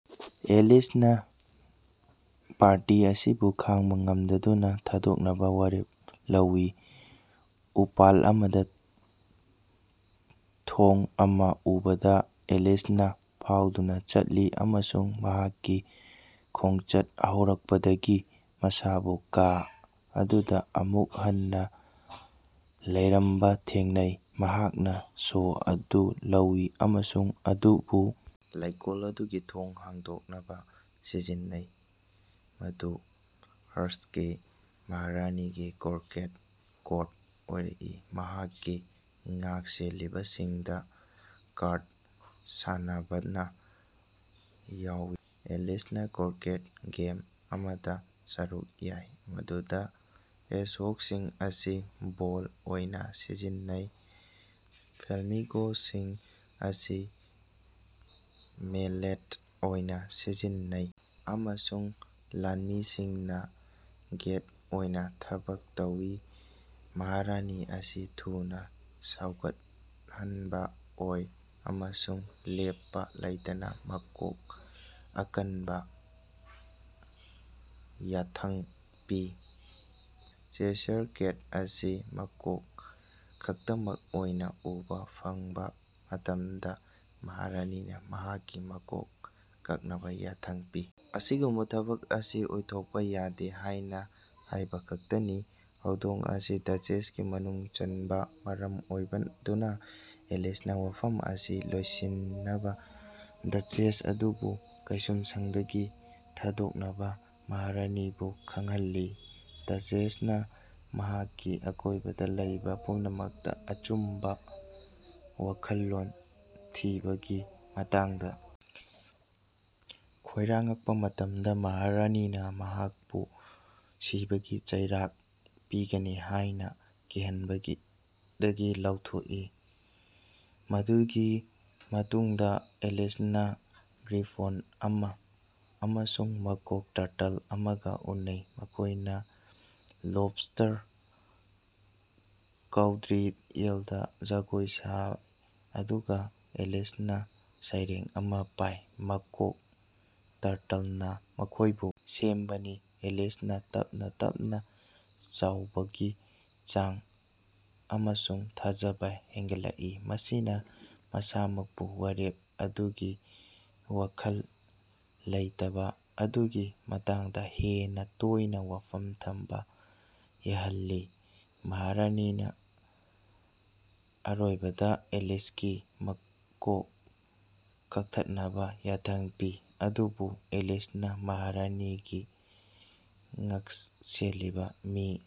ꯑꯦꯂꯤꯁꯅ ꯄꯥꯔꯇꯤ ꯑꯁꯤꯕꯨ ꯈꯥꯡꯕ ꯉꯝꯗꯗꯨꯅ ꯊꯥꯗꯣꯛꯅꯕ ꯋꯥꯔꯦꯞ ꯂꯧꯋꯤ꯫ ꯎꯄꯥꯜ ꯑꯃꯗ ꯊꯣꯡ ꯑꯃ ꯎꯕꯗ, ꯑꯦꯂꯤꯁꯅ ꯐꯥꯎꯗꯨꯅ ꯆꯠꯂꯤ ꯑꯃꯁꯨꯡ ꯃꯍꯥꯛꯀꯤ ꯈꯣꯡꯆꯠ ꯍꯧꯔꯛꯄꯗꯒꯤ ꯃꯁꯥꯕꯨ ꯀꯥ ꯑꯗꯨꯗ ꯑꯃꯨꯛ ꯍꯟꯅ ꯂꯩꯔꯝꯕ ꯊꯦꯡꯅꯩ꯫ ꯃꯍꯥꯛꯅ ꯁꯣ ꯑꯗꯨ ꯂꯧꯋꯤ ꯑꯃꯁꯨꯡ ꯑꯗꯨꯕꯨ ꯂꯩꯀꯣꯜ ꯑꯗꯨꯒꯤ ꯊꯣꯡ ꯍꯥꯡꯗꯣꯛꯅꯕ ꯁꯤꯖꯤꯟꯅꯩ ꯃꯗꯨ ꯍꯥꯔ꯭ꯠꯁꯀꯤ ꯃꯍꯥꯔꯥꯅꯤꯒꯤ ꯀꯣꯔꯀꯦꯠ ꯀꯣꯔꯠ ꯑꯣꯏꯔꯛꯏ ꯃꯍꯥꯛꯀꯤ ꯉꯥꯛꯁꯦꯜꯂꯤꯕꯁꯤꯡꯗ ꯀꯥꯔꯗ ꯁꯥꯟꯅꯕꯅ ꯌꯥꯎꯋꯤ꯫ ꯑꯦꯂꯤꯁꯅ ꯀꯣꯔꯀꯦꯠ ꯒꯦꯝ ꯑꯃꯗ ꯁꯔꯨꯛ ꯌꯥꯏ, ꯃꯗꯨꯗ ꯍꯦꯖꯍꯣꯒꯁꯤꯡ ꯑꯁꯤ ꯕꯣꯜ ꯑꯣꯏꯅ ꯁꯤꯖꯤꯟꯅꯩ, ꯐ꯭ꯂꯦꯃꯤꯡꯒꯣꯁꯤꯡ ꯑꯁꯤ ꯃꯦꯂꯦꯠ ꯑꯣꯏꯅ ꯁꯤꯖꯤꯟꯅꯩ, ꯑꯃꯁꯨꯡ ꯂꯥꯟꯃꯤꯁꯤꯡꯅ ꯒꯦꯠ ꯑꯣꯏꯅ ꯊꯕꯛ ꯇꯧꯏ꯫ ꯃꯍꯥꯔꯥꯅꯤ ꯑꯁꯤ ꯊꯨꯅ ꯁꯥꯎꯒꯟꯕ ꯑꯣꯏ ꯑꯃꯁꯨꯡ ꯂꯦꯞꯄ ꯂꯩꯇꯅ ꯃꯀꯣꯛ ꯀꯛꯅꯕ ꯌꯥꯊꯪ ꯄꯤ꯫ ꯆꯦꯁꯥꯌꯔ ꯀꯦꯠ ꯑꯁꯤ ꯃꯀꯣꯛ ꯈꯛꯇꯃꯛ ꯑꯣꯏꯅ ꯎꯕ ꯐꯪꯕ ꯃꯇꯝꯗ, ꯃꯍꯥꯔꯥꯅꯤꯅ ꯃꯍꯥꯛꯀꯤ ꯃꯀꯣꯛ ꯀꯛꯅꯕ ꯌꯥꯊꯪ ꯄꯤ, ꯑꯁꯤꯒꯨꯝꯕ ꯊꯕꯛ ꯑꯁꯤ ꯑꯣꯏꯊꯣꯛꯄ ꯌꯥꯗꯦ ꯍꯥꯏꯅ ꯍꯥꯏꯕꯈꯛꯇꯅꯤ꯫ ꯍꯧꯗꯣꯡ ꯑꯁꯤ ꯗꯆꯦꯁꯀꯤ ꯃꯅꯨꯡ ꯆꯟꯕꯅ ꯃꯔꯝ ꯑꯣꯏꯗꯨꯅ, ꯑꯦꯂꯤꯁꯅ ꯋꯥꯐꯝ ꯑꯁꯤ ꯂꯣꯏꯁꯤꯟꯅꯕ ꯗꯆꯦꯁ ꯑꯗꯨꯕꯨ ꯀꯩꯁꯨꯝꯁꯪꯗꯒꯤ ꯊꯥꯗꯣꯛꯅꯕ ꯃꯍꯥꯔꯥꯅꯤꯕꯨ ꯈꯪꯍꯜꯂꯤ꯫ ꯗꯆꯦꯁꯅ ꯃꯍꯥꯛꯀꯤ ꯑꯀꯣꯏꯕꯗ ꯂꯩꯕ ꯄꯨꯝꯅꯃꯛꯇ ꯑꯆꯨꯝꯕ ꯋꯥꯈꯜꯂꯣꯟ ꯊꯤꯕꯒꯤ ꯃꯇꯥꯡꯗ ꯈꯣꯏꯔꯥꯡꯉꯛꯄ ꯃꯇꯝꯗ, ꯃꯍꯥꯔꯥꯅꯤꯅ ꯃꯍꯥꯛꯄꯨ ꯁꯤꯕꯒꯤ ꯆꯩꯔꯥꯛ ꯄꯤꯒꯅꯤ ꯍꯥꯏꯅ ꯀꯤꯍꯟꯕꯗꯒꯤ ꯂꯧꯊꯣꯛꯏ꯫ ꯃꯗꯨꯒꯤ ꯃꯇꯨꯡꯗ ꯑꯦꯂꯤꯁꯅ ꯒ꯭ꯔꯤꯐꯣꯟ ꯑꯃ ꯑꯃꯁꯨꯡ ꯃꯣꯛ ꯇꯔꯇꯜ ꯑꯃꯒ ꯎꯅꯩ, ꯃꯈꯣꯏꯅ ꯂꯣꯕꯁꯇꯔ ꯀꯧꯗ꯭ꯔꯤꯌꯦꯜꯗ ꯖꯒꯣꯏ ꯁꯥꯏ ꯑꯗꯨꯒ ꯑꯦꯂꯤꯁꯅ ꯁꯩꯔꯦꯡ ꯑꯃ ꯄꯥꯏ꯫ ꯃꯣꯛ ꯇꯔꯇꯜꯅ ꯃꯈꯣꯏꯕꯨ ꯁꯦꯝꯕꯅꯤ꯫ ꯑꯦꯂꯤꯁꯅ ꯇꯞꯅ-ꯇꯞꯅ ꯆꯥꯎꯕꯒꯤ ꯆꯥꯡ ꯑꯃꯁꯨꯡ ꯊꯥꯖꯕ ꯍꯦꯟꯒꯠꯂꯛꯏ, ꯃꯁꯤꯅ ꯃꯁꯥꯃꯛꯄꯨ ꯋꯥꯔꯦꯞ ꯑꯗꯨꯒꯤ ꯋꯥꯈꯜ ꯂꯩꯇꯕ ꯑꯗꯨꯒꯤ ꯃꯇꯥꯡꯗ ꯍꯦꯟꯅ ꯇꯣꯏꯅ ꯋꯥꯐꯝ ꯊꯝꯕ ꯌꯥꯍꯜꯂꯤ꯫ ꯃꯍꯥꯔꯥꯅꯤꯅ ꯑꯔꯣꯏꯕꯗ ꯑꯦꯂꯤꯁꯀꯤ ꯃꯀꯣꯛ ꯀꯛꯊꯠꯅꯕ ꯌꯥꯊꯪ ꯄꯤ, ꯑꯗꯨꯕꯨ ꯑꯦꯂꯤꯁꯅ ꯃꯍꯥꯔꯥꯅꯤꯒꯤ ꯉꯥꯛꯁꯦꯜꯂꯤꯕ ꯃꯤ